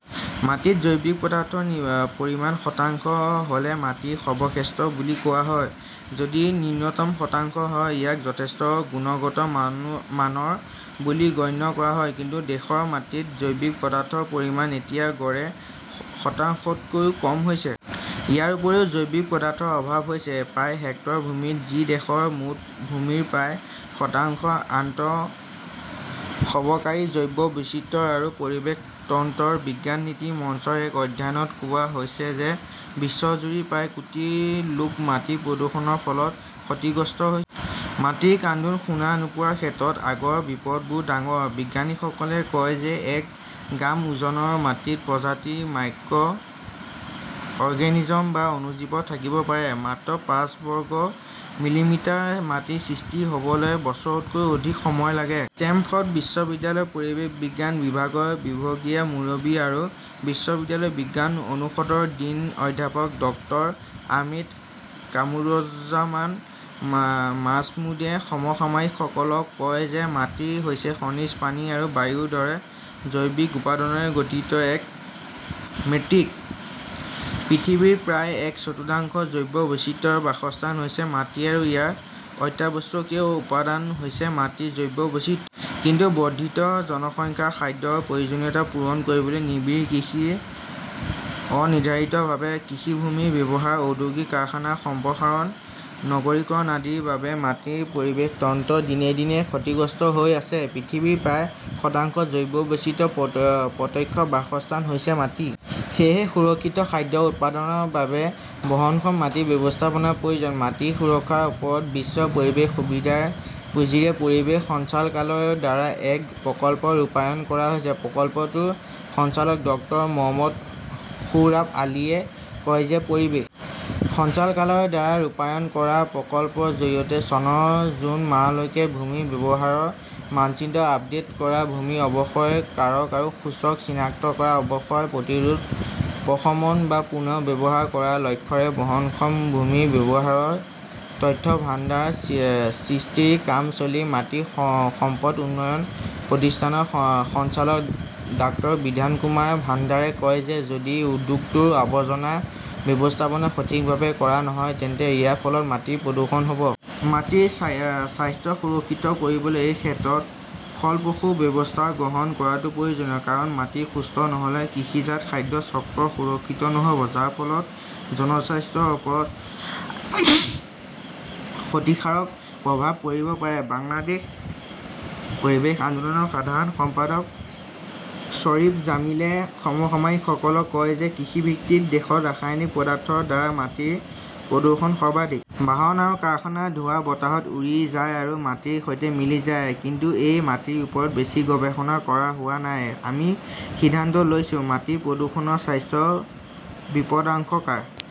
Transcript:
মাটিত জৈৱিক পদাৰ্থৰ পৰিমাণ শতাংশ হ’লে মাটি সৰ্বশ্ৰেষ্ঠ বুলি কোৱা হয়। যদি ন্যূনতম শতাংশ হয়, ইয়াক যথেষ্ট গুণগত মানৰ বুলি গণ্য কৰা হয়। কিন্তু দেশৰ মাটিত জৈৱিক পদাৰ্থৰ পৰিমাণ এতিয়া গড়ে শতাংশতকৈ কম হৈছে। ইয়াৰ উপৰিও, জৈৱিক পদাৰ্থৰ অভাৱ হৈছে প্ৰায় হেক্টৰ ভূমিত, যি দেশৰ মুঠ ভূমিৰ প্ৰায় শতাংশ। আন্তঃসবকাৰী জৈৱ বৈচিত্ৰ্য আৰু পৰিৱেশ তন্ত্ৰৰ বিজ্ঞান-নীতি মঞ্চৰ এক অধ্যয়নত কোৱা হৈছে যে বিশ্বজুৰি প্ৰায় কোটি লোক মাটি প্ৰদূষণৰ ফলত ক্ষতিগ্ৰস্ত হৈছে। মাটিৰ কান্দোন শুনা নোপোৱাৰ ক্ষেত্ৰত আগৰ বিপদবোৰ ডাঙৰঃ বিজ্ঞানীসকলে কয় যে এক গ্ৰাম ওজনৰ মাটিত প্ৰজাতিৰ মাইক্ৰ অৰ্গেনিজম বা অণুজীৱ থাকিব পাৰে। মাত্ৰ পাঁচ বৰ্গ মিলিমিটাৰ মাটি সৃষ্টি হ’বলৈ বছৰতকৈও অধিক সময় লাগে। ষ্টেমফৰ্ড বিশ্ববিদ্যালয়ৰ পৰিৱেশ বিজ্ঞান বিভাগৰ বিভাগীয় মুৰব্বী আৰু বিশ্ববিদ্যালয়ৰ বিজ্ঞান অনুষদৰ ডিন অধ্যাপক ডক্টৰ আহমেদ কামৰুজ্জমান মাজমুদ্ৰে সমসাময়িকসকলক কয় যে মাটি হৈছে খনিজ, পানী আৰু বায়ুৰ দৰে জৈৱিক উপাদানৰে গঠিত এক মেট্ৰিক। পৃথিৱীৰ প্ৰায় এক চতুৰ্থাংশ জৈৱ বৈচিত্ৰ্যৰ বাসস্থান হৈছে মাটি আৰু ইয়াৰ অত্যাৱশ্যকীয় উপাদান হৈছে মাটিৰ জৈৱ বৈচিত্ৰ্য। কিন্তু বৰ্ধিত জনসংখ্যাৰ খাদ্যৰ প্ৰয়োজনীয়তা পূৰণ কৰিবলৈ নিবিড় কৃষি, অনিৰ্ধাৰিতভাৱে কৃষিভূমিৰ ব্যৱহাৰ, ঔদ্যোগিক-কাৰখানাৰ সম্প্ৰসাৰণ, নগৰীকৰণ আদিৰ বাবে মাটিৰ পৰিৱেশ তন্ত্ৰ দিনে দিনে ক্ষতিগ্ৰস্ত হৈ আছে। পৃথিৱীৰ প্ৰায় শতাংশ জৈৱ বৈচিত্ৰ্যৰ প্ৰত্যক্ষ বাসস্থান হৈছে মাটি। সেয়েহে সুৰক্ষিত খাদ্য উৎপাদনৰ বাবে বহনক্ষম মাটি ব্যৱস্থাপনাৰ প্ৰয়োজন। মাটি সুৰক্ষাৰ ওপৰত বিশ্ব পৰিৱেশ সুবিধাৰ পুঁজিৰে পৰিৱেশ সঞ্চালকালয়ৰ দ্বাৰা এক প্ৰকল্প ৰূপায়ণ কৰা হৈছে। প্ৰকল্পটোৰ সঞ্চালক ডক্টৰ মহম্মদ সোহৰাব আলীয়ে কয় যে পৰিৱেশ সঞ্চালকালয়ৰ দ্বাৰা ৰূপায়ণ কৰা প্ৰকল্পৰ জৰিয়তে চনৰ জুন মাহলৈকে ভূমি ব্যৱহাৰৰ মানচিত্ৰ আপডেট কৰা, ভূমি অৱক্ষয়ৰ কাৰক আৰু সূচক চিনাক্ত কৰা, অৱক্ষয় প্ৰতিৰোধ, প্ৰশমন বা পুনৰ ব্যৱহাৰ কৰাৰ লক্ষ্যৰে বহনক্ষম ভূমি ব্যৱহাৰৰ তথ্যভাণ্ডাৰ সৃষ্টিৰ কাম চলি মাটি সম্পদ উন্নয়ন প্ৰতিষ্ঠানৰ সঞ্চালক ডাঃ বিধান কুমাৰ ভাণ্ডাৰে কয় যে যদি উদ্যোগটোৰ আৱৰ্জনা ব্যৱস্থাপনা সঠিকভাৱে কৰা নহয় তেন্তে ইয়াৰ ফলত মাটি প্ৰদূষণ হ’ব। মাটিৰ স্বাস্থ্য সুৰক্ষিত কৰিবলৈ এই ক্ষেত্ৰত ফলপ্ৰসূ ব্যৱস্থা গ্ৰহণ কৰাটো প্ৰয়োজনীয়। কাৰণ মাটি সুস্থ নহ’লে কৃষিজাত খাদ্য চক্ৰ সুৰক্ষিত নহ’ব, যাৰ ফলত জনস্বাস্থ্যৰ ওপৰত ক্ষতিকাৰক প্ৰভাৱ পৰিব পাৰে। বাংলাদেশ পৰিৱেশ আন্দোলনৰ সাধাৰণ সম্পাদক শ্বৰীফ জামিলে সমসাময়িকসকলক কয় যে কৃষিভিত্তিক দেশত ৰাসায়নিক পদাৰ্থৰ দ্বাৰা মাটিৰ প্ৰদূষণ সৰ্বাধিক। বাহন আৰু কাৰখানাৰ ধোঁৱা বতাহত উৰি যায় আৰু মাটিৰ সৈতে মিলি যায়। কিন্তু এই মাটিৰ ওপৰত বেছি গৱেষণা কৰা হোৱা নাই। আমি সিদ্ধান্ত লৈছো, মাটি প্ৰদূষণৰ স্বাস্থ্যৰ বিপদাশংকাৰ